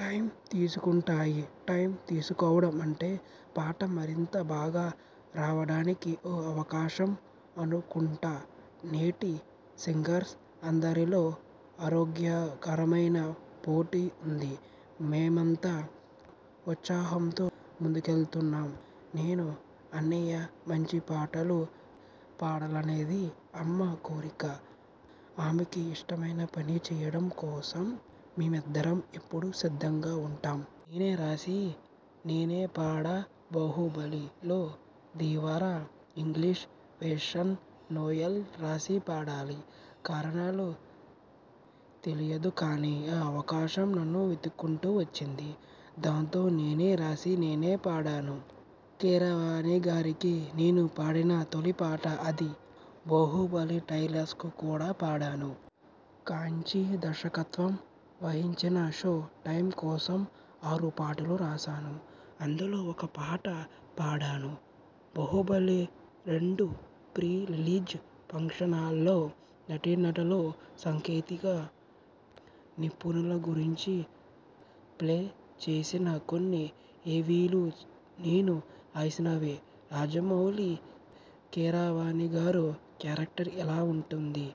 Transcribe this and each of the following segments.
Time తీసుకుంటాయి. Time తీసుకోవడం అంటే పాట మరింత బాగా రావడానికి ఓ అవకాశం అనుకుంటా. నేటి సింగర్స్ అందరిలో ఆరోగ్యకరమైన పోటీ ఉంది. మేమంతా ఉత్సాహంతో ముందుకెళ్తున్నాం. నేను, అన్నయ్య మంచి పాటలు పాడాలనేది అమ్మ కోరిక. ఆమెకి ఇష్టమైన పని చెయ్యడం కోసం మేమిద్దరం ఎప్పుడూ సిద్ధంగా ఉంటాం. నేనే రాసి నేనే పాడాబాహుబలి లో ధీవర ఇంగ్లిష్ వెర్షన నోయల్ రాసి పాడాలి. కారణాలు తెలీదు కానీ ఆ అవకాశం నన్ను వెతుక్కుంటూ వచ్చింది. దాంతో నేనే రాసి నేనే పాడాను. కీరవాణిగారికి నేను పాడిన తొలి పాట అది. బాహుబలి ట్రైలర్స్కి కూడా పాడాను. కాంచీ దర్శకత్వం వహించిన షో టైమ్ కోసం ఆరు పాటలు రాశాను. అందులో ఒక పాట పాడాను. బాహుబలి-రెండు ప్రీ రిలీజ్ ఫంక్షనలో నటీనటులు, సాంకేతిక నిపుణుల గురించి ప్లే చేసిన కొన్ని ఏవీలు నేను రాసినవే. రాజమౌళి, కీరవాణిగారు క్యారెక్టర్ ఇలా ఉంటుంది.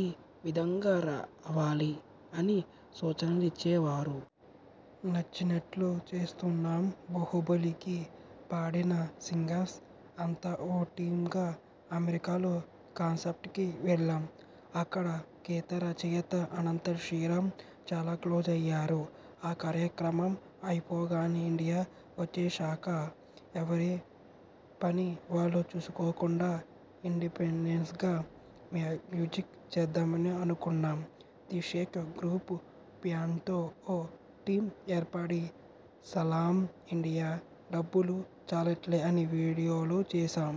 ఈ విధంగా రావాలి అని సూచనలిచ్చేవారు. నచ్చినట్లు చేస్తున్నాం బాహుబలి కి పాడిన సింగర్స్ అంతా ఓ టీమ్గా అమెరికాలో కాన్సెర్ట్కి వెళ్లాం. అక్కడ గీతరచయిత అనంత శ్రీరామ్ చాలా క్లోజ్ అయ్యారు. ఆ కార్యక్రమం అయిపోగానే ఇండియా వచ్చేశాక ఎవరి పని వాళ్లు చూసుకోకుండా ఇండిపెండెంట్గా మ్యూజిక్ చేద్దామని అనుకున్నాం. ది షేక్ గ్రూప్ బ్యాండ్తో ఓ టీమ్గా ఏర్పడి సలామ్ ఇండియా, డబ్బులు చాలట్లే అని వీడియోలు చేశాం.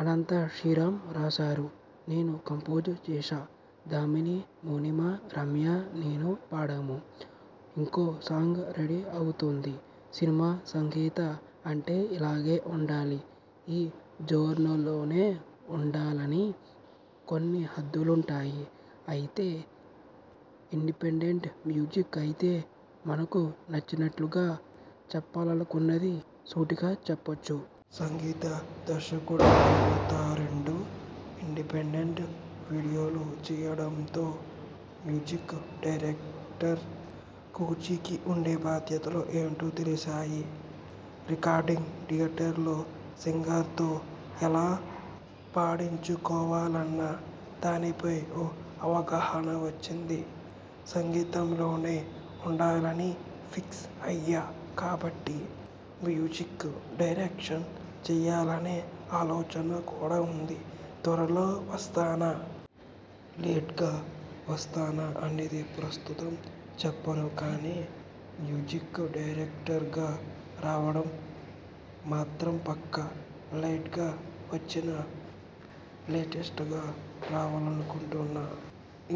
అనంత శ్రీరామ్ రాశారు. నేను కంపోజ్ చేశా. దామిని, మౌనిమ, రమ్య, నేను పాడాము. ఇంకో సాంగ్ రెడీ అవుతోంది. సినిమా సంగీతం అంటే ఇలాగే ఉండాలి, ఈ జోనర్లోనే ఉండాలని కొన్ని హద్దులుంటాయి. అదే ఇండిపెండెంట్ మ్యూజిక్ అయితే మనకు నచ్చినట్లుగా, చెప్పాలనుకున్నది సూటిగా చెప్పొచ్చు. సంగీత దర్శకుడినవుతారెండు ఇండిపెండెంట్ వీడియోలు చెయ్యడంతో మ్యూజిక్ డైరెక్టర్ కుర్చీకి ఉండే బాధ్యతలు ఏంటో తెలిశాయి. రికార్డింగ్ థియేటర్లో సింగర్తో ఎలా పాడించుకోవాలన్న దానిపై ఓ అవగాహన వచ్చింది. సంగీతంలోనే ఉండాలని ఫిక్స్ అయ్యా కాబట్టి మ్యూజిక్ డైరెక్షన చెయ్యాలనే ఆలోచన కూడా ఉంది. త్వరలో వస్తానా.. లేట్గా వస్తానా అన్నది ప్రస్తుతం చెప్పను కానీ మ్యూజిక్ డైరెక్టర్గా రావడం మాత్రం పక్కా. లేట్గా వచ్చినా లేటె్స్టగా రావాలనుకుంటున్నా.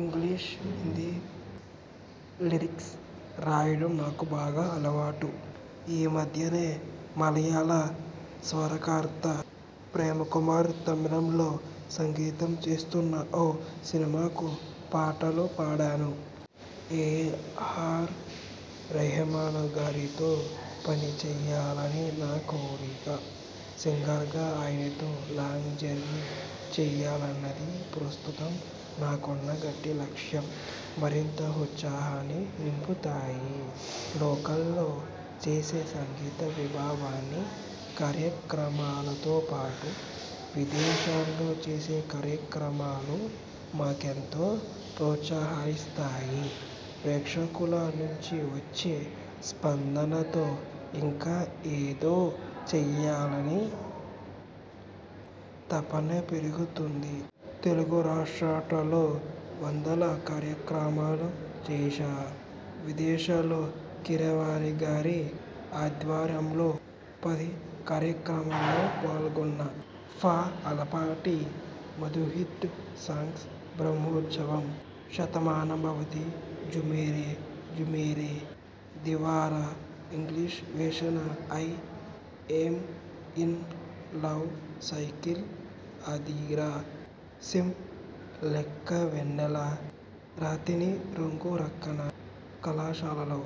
ఇంగ్లిష్, హిందీ లిరిక్స్ రాయడం నాకు బాగా అలవాటు. ఈ మధ్యనే మలయాళ స్వరకర్త ప్రేమ్కుమార్ తమిళంలో సంగీతం చేస్తున్న ఓ సినిమాకు పాటలు పాడాను. ఏ. ఆర్. రెహమానగారితో పనిచెయ్యాలని నా కోరిక. సింగర్గా ఆయనతో లాంగ్ జర్నీ చెయ్యాలన్నది ప్రస్తుతం నాకున్న గట్టి లక్ష్యం. మరింత ఉత్సాహాన్ని నింపుతాయి.. లోకల్లో చేసే సంగీత విభావరి కార్యక్రమాలతోపాటు విదేశాల్లో చేసే కార్యక్రమాలు మాకెంతో ప్రోత్సాహాన్నిస్తాయి. ప్రేక్షకుల నుంచి వచ్చే స్పందనతో ఇంకా ఏదో చెయ్యాలనే తపన పెరుగుతుంది. తెలుగు రాషా్ట్రల్లో వందల కార్యక్రమాలు చేశా. విదేశాల్లో కీరవాణిగారి ఆధ్వర్యంలో పది కార్యక్రమాల్లో పాల్గొన్నా. ఫ ఆలపాటి మధుహిట్ సాంగ్స్ బ్రహ్మోత్సవం శతమానంభవతి జూమోరే.. జూమోరే.. Dheevara English version I am in love cycle అదిరా.. సీమ లెక్క వెన్నెల రాతిరి రంగు రక్కర కళాశాలలో.